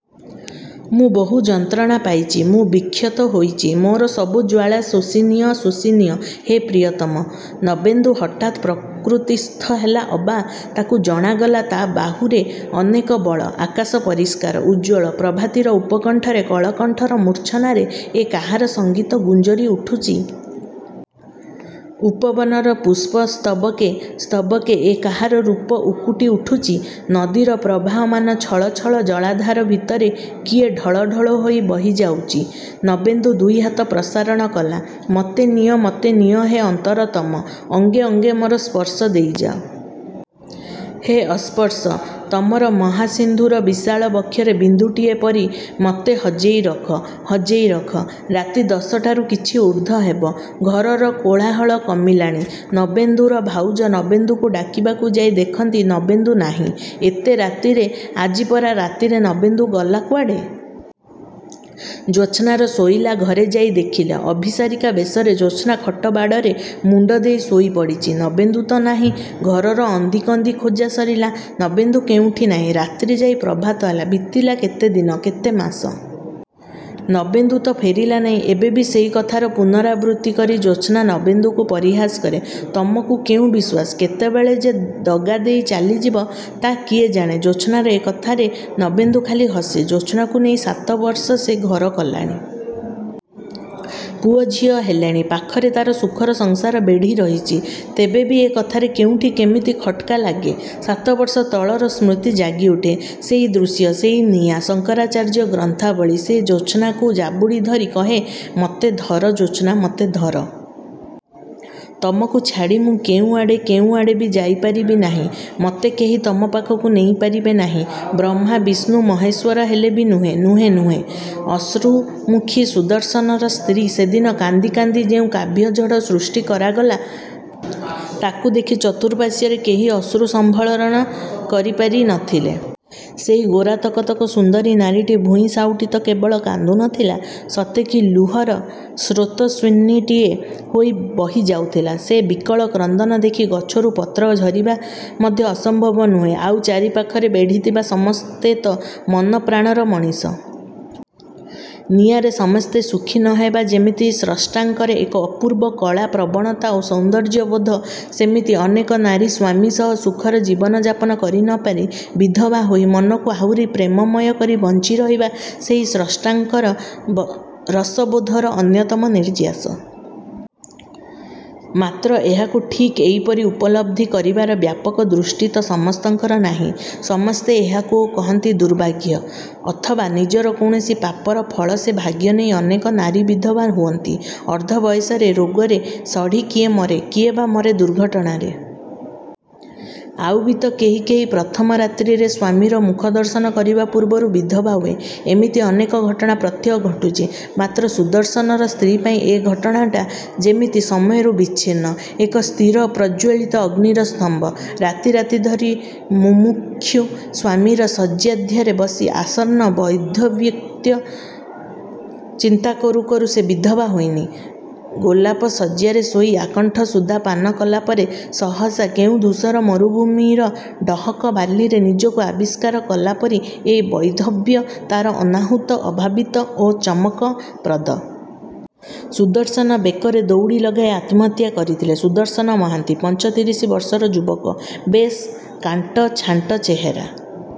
"ମୁଁ ବହୁ ଯନ୍ତ୍ରଣା ପାଇଚି, ମୁଁ ବିକ୍ଷତ ହୋଇଚି। ମୋର ସବୁ ଜ୍ଵାଳା ଶୋଷିନିଅ, ଶୋଷିନିଅ, ହେ ପ୍ରିୟତମ।"ନବେନ୍ଦୁ ହଠାତ୍ ପ୍ରକୃତିସ୍ଥ ହେଲା ଅବା, ତାକୁ ଜଣାଗଲା ତା' ବାହୁରେ ଅନେକ ବଳ! ଆକାଶ ପରିଷ୍କାର, ଉଜ୍ଜ୍ୱଳ। ପ୍ରଭାତୀର ଉପକଣ୍ଠରେ କଳକଣ୍ଠର ମୂର୍ଚ୍ଛନାରେ ଏ କାହାର ସଂଗୀତ ଗୁଞ୍ଜରି ଉଠୁଚି? ଉପବନର ପୁଷ୍ପ ସ୍ତବକେ ସ୍ତବକେ ଏ କାହାର ରୂପ ଉକୁଟି ଉଠୁଚି? ନଦୀର ପ୍ରବାହମାନ ଛଳ ଛଳ ଜଳାଧାର ଭିତରେ କିଏ ଢଳ ଢଳ ହୋଇ ବହିଯାଉଚି? ନବେନ୍ଦୁ ଦୁଇହାତ ପ୍ରସାରଣ କଲା, "ମତେ ନିଅ, ମତେ ନିଅ ହେ ଅନ୍ତରତମ। ଅଙ୍ଗେ ଅଙ୍ଗେ ମୋର ସ୍ପର୍ଶ ଦେଇଯାଅ। ହେ ଅସ୍ପର୍ଶ! ତମର ମହାସିନ୍ଧୁର ବିଶାଳ ବକ୍ଷରେ ବିନ୍ଦୁଟିଏ ପରି ମତେ ହଜେଇ ରଖ, ହଜେଇ ରଖ!"ରାତି ଦଶଟାରୁ କିଛି ଊର୍ଦ୍ଧ୍ଵ ହେବ! ଘରର କୋଳାହଳ କମିଲାଣି। ନବେନ୍ଦୁର ଭାଉଜ, ନବେନ୍ଦୁକୁ ଡାକିବାକୁ ଯାଇ ଦେଖନ୍ତି, ନବେନ୍ଦୁ ନାହିଁ। ଏତେ ରାତିରେ, ଆଜି ପରା ରାତିରେ ନବେନ୍ଦୁ ଗଲା କୁଆଡ଼େ? ଜ୍ୟୋତ୍ସ୍ନାର ଶୋଇଲା ଘରେ ଯାଇ ଦେଖିଲେ, ଅଭିସାରିକା ବେଶରେ ଜ୍ୟୋତ୍ସ୍ନା ଖଟ ବାଡ଼ରେ ମୁଣ୍ଡ ଦେଇ ଶୋଇ ପଡ଼ିଚି। ନବେନ୍ଦୁ ତ ନାହିଁ। ଘରର ଅନ୍ଦିକନ୍ଦି ଖୋଜା ସରିଲା। ନବେନ୍ଦୁ କେଉଁଠି ନାହିଁ। ରାତ୍ରି ଯାଇ ପ୍ରଭାତ ହେଲା। ବିତିଲା କେତେ ଦିନ, କେତେ ମାସ! ନବେନ୍ଦୁ ତ ଫେରିଲା ନାହିଁ? ଏବେ ବି ସେହି କଥାର ପୁନରାବୃତ୍ତି କରି ଜ୍ୟୋତ୍ସ୍ନା ନବେନ୍ଦୁକୁ ପରିହାସ କରେ, "ତମକୁ କେଉଁ ବିଶ୍ୱାସ? କେତେବେଳେ ଯେ ଦଗାଦେଇ ଚାଲିଯିବ, ତା' କିଏ ଜାଣେ?"ଜ୍ୟୋତ୍ସ୍ନାର ଏ କଥାରେ ନବେନ୍ଦୁ ଖାଲି ହସେ। ଜ୍ୟୋତ୍ସ୍ନାକୁ ନେଇ ସାତ ବର୍ଷ ସେ ଘର କଲାଣି! ପୁଅ ଝିଅ ହେଲେଣି। ପାଖରେ ତାର ସୁଖର ସଂସାର ବେଢ଼ି ରହିଛି। ତେବେ ବି ଏ କଥାରେ କେଉଁଠି କେମିତି ଖଟ୍‌କା ଲାଗେ। ସାତବର୍ଷ ତଳର ସ୍ମୃତି ଜାଗିଉଠେ। ସେଇ ଦୃଶ୍ୟ, ସେଇ ନିଆଁ, ଶଙ୍କରାଚାର୍ଯ୍ୟ ଗ୍ରନ୍ଥାବଳୀ। ସେ ଜ୍ୟୋତ୍ସ୍ନାକୁ ଜାବୁଡ଼ିଧରି କହେ, "ମତେ ଧର ଜ୍ୟୋତ୍ସ୍ନା, ମତେ ଧର! ତମକୁ ଛାଡ଼ି ମୁଁ କେଉଁଆଡ଼େ, କେଉଁଆଡ଼େ ବି ଯାଇପାରିବି ନାହିଁ। ମତେ କେହି ତମ ପାଖରୁ ନେଇ ପାରିବେ ନାହିଁ। ବ୍ରହ୍ମା, ବିଷ୍ଣୁ, ମହେଶ୍ୱର ହେଲେ ବି ନୁହେଁ, ନୁହେଁ, ନୁହେଁ!" ଅଶ୍ରୁମୁଖୀ ସୁଦର୍ଶନର ସ୍ତ୍ରୀ ସେଦିନ କାନ୍ଦି କାନ୍ଦି ଯେଉଁ କାବ୍ୟଝଡ଼ ସୃଷ୍ଟି କରିଗଲା, ତାକୁ ଦେଖି ଚତୁଃପାର୍ଶ୍ୱରେ କେହି ଅଶ୍ରୁ ସମ୍ଭରଣ କରିପାରି ନ ଥିଲେ। ସେଇ ଗୋରା ତକ ତକ ସୁନ୍ଦରୀ ନାରୀଟି ଭୂଇଁ ସାଉଁଟି ତ କେବଳ କାନ୍ଦୁ ନଥିଲା, ସତେ କି ଲୁହର ସ୍ରୋତସ୍ୱିନୀଟିଏ ହୋଇ ବହିଯାଉଥିଲା। ସେ ବିକଳ କ୍ରନ୍ଦନ ଦେଖି ଗଛରୁ ପତ୍ର ଝରିବା ମଧ୍ୟ ଅସମ୍ଭବ ନୁହେଁ, ଆଉ ଚାରି ପାଖରେ ବେଢ଼ିଥିବା ସମସ୍ତେ ତ ମନପ୍ରାଣର ମଣିଷ। ନିଆରେ ସମସ୍ତେ ସୁଖୀ ନ ହେବା ଯେମିତି ସ୍ରଷ୍ଟାଙ୍କର ଏକ ଅପୂର୍ବ କଳା ପ୍ରବଣତା ଓ ସୌନ୍ଦର୍ଯ୍ୟବୋଧ, ସେମିତି ଅନେକ ନାରୀ ସ୍ଵାମୀ ସହ ସୁଖର ଜୀବନଯାପନ କରି ନ ପାରି, ବିଧବା ହୋଇ, ମନକୁ ଆହୁରି ପ୍ରେମମୟ କରି ବଞ୍ଚିରହିବା ସେଇ ସ୍ରଷ୍ଟାଙ୍କର ରସବୋଧର ଅନ୍ୟତମ ନିର୍ଯ୍ୟାସ। ମାତ୍ର ଏହାକୁ ଠିକ୍ ଏଇପରି ଉପଲବ୍ଧି କରିବାର ବ୍ୟାପକ ଦୃଷ୍ଟି ତ ସମସ୍ତଙ୍କର ନାହିଁ! ସମସ୍ତେ ଏହାକୁ କହନ୍ତି ଦୁର୍ଭାଗ୍ୟ। ଅଥବା ନିଜର କୌଣସି ପାପର ଫଳ ସେ ଭାଗ୍ୟ ନେଇ ଅନେକ ନାରୀ ବିଧବା ହୁଅନ୍ତି। ଅର୍ଦ୍ଧ ବୟସରେ, ରୋଗରେ ସଢ଼ି କିଏ ମରେ, କିଏ ବା ମରେ ଦୁର୍ଘଟଣାରେ। ଆଉ ବି ତ କେହି କେହି ପ୍ରଥମ ରାତ୍ରିରେ, ସ୍ୱାମୀର ମୁଖଦର୍ଶନ କରିବା ପୂର୍ବରୁ ବିଧବା ହୁଏ। ଏମିତି ଅନେକ ଘଟଣା ପ୍ରତ୍ୟହ ଘଟୁଛି। ମାତ୍ର ସୁଦର୍ଶନର ସ୍ତ୍ରୀ ପାଇଁ ଏ ଘଟଣାଟା ଯେମିତି ସମୟରୁ ବିଚ୍ଛିନ୍ନ। ଏକ ସ୍ଥିର, ପ୍ରଜ୍ଜ୍ୱଳିତ ଅଗ୍ନିର ସ୍ତମ୍ଭ। ରାତି ରାତି ଧରି ମୁମୂକ୍ଷୁ ସ୍ୱାମୀର ଶଯ୍ୟାଧାରେ ବସି, ଆସନ୍ନ ବୈଧବ୍ୟକୁ ଚିନ୍ତା କରୁ କରୁ ସେ ବିଧବା ହୋଇନି, ଗୋଲାପଶଯ୍ୟାରେ ଶୋଇ, ଆକଣ୍ଠ ସୁଧା ପାନ କଲା ପରେ, ସହସା, କେଉଁ ଧୂସର ମରୁଭୂମିର ଡହକ ବାଲିରେ ନିଜକୁ ଆବିଷ୍କାର କଲା ପରି ଏ ବୈଧବ୍ୟ ତାର ଅନାହୂତ, ଅଭାବିତ ଓ ଚମକପ୍ରଦ। ସୁଦର୍ଶନ ବେକରେ ଦଉଡ଼ି ଲଗାଇ ଆତ୍ମହତ୍ୟା କରିଥିଲେ। ସୁଦର୍ଶନ ମହାନ୍ତି, ପଞ୍ଚତିରିଶି ବର୍ଷର ଯୁବକ। ବେଶ୍ କାଣ୍ଟ ଛାଣ୍ଟ ଚେହେରା।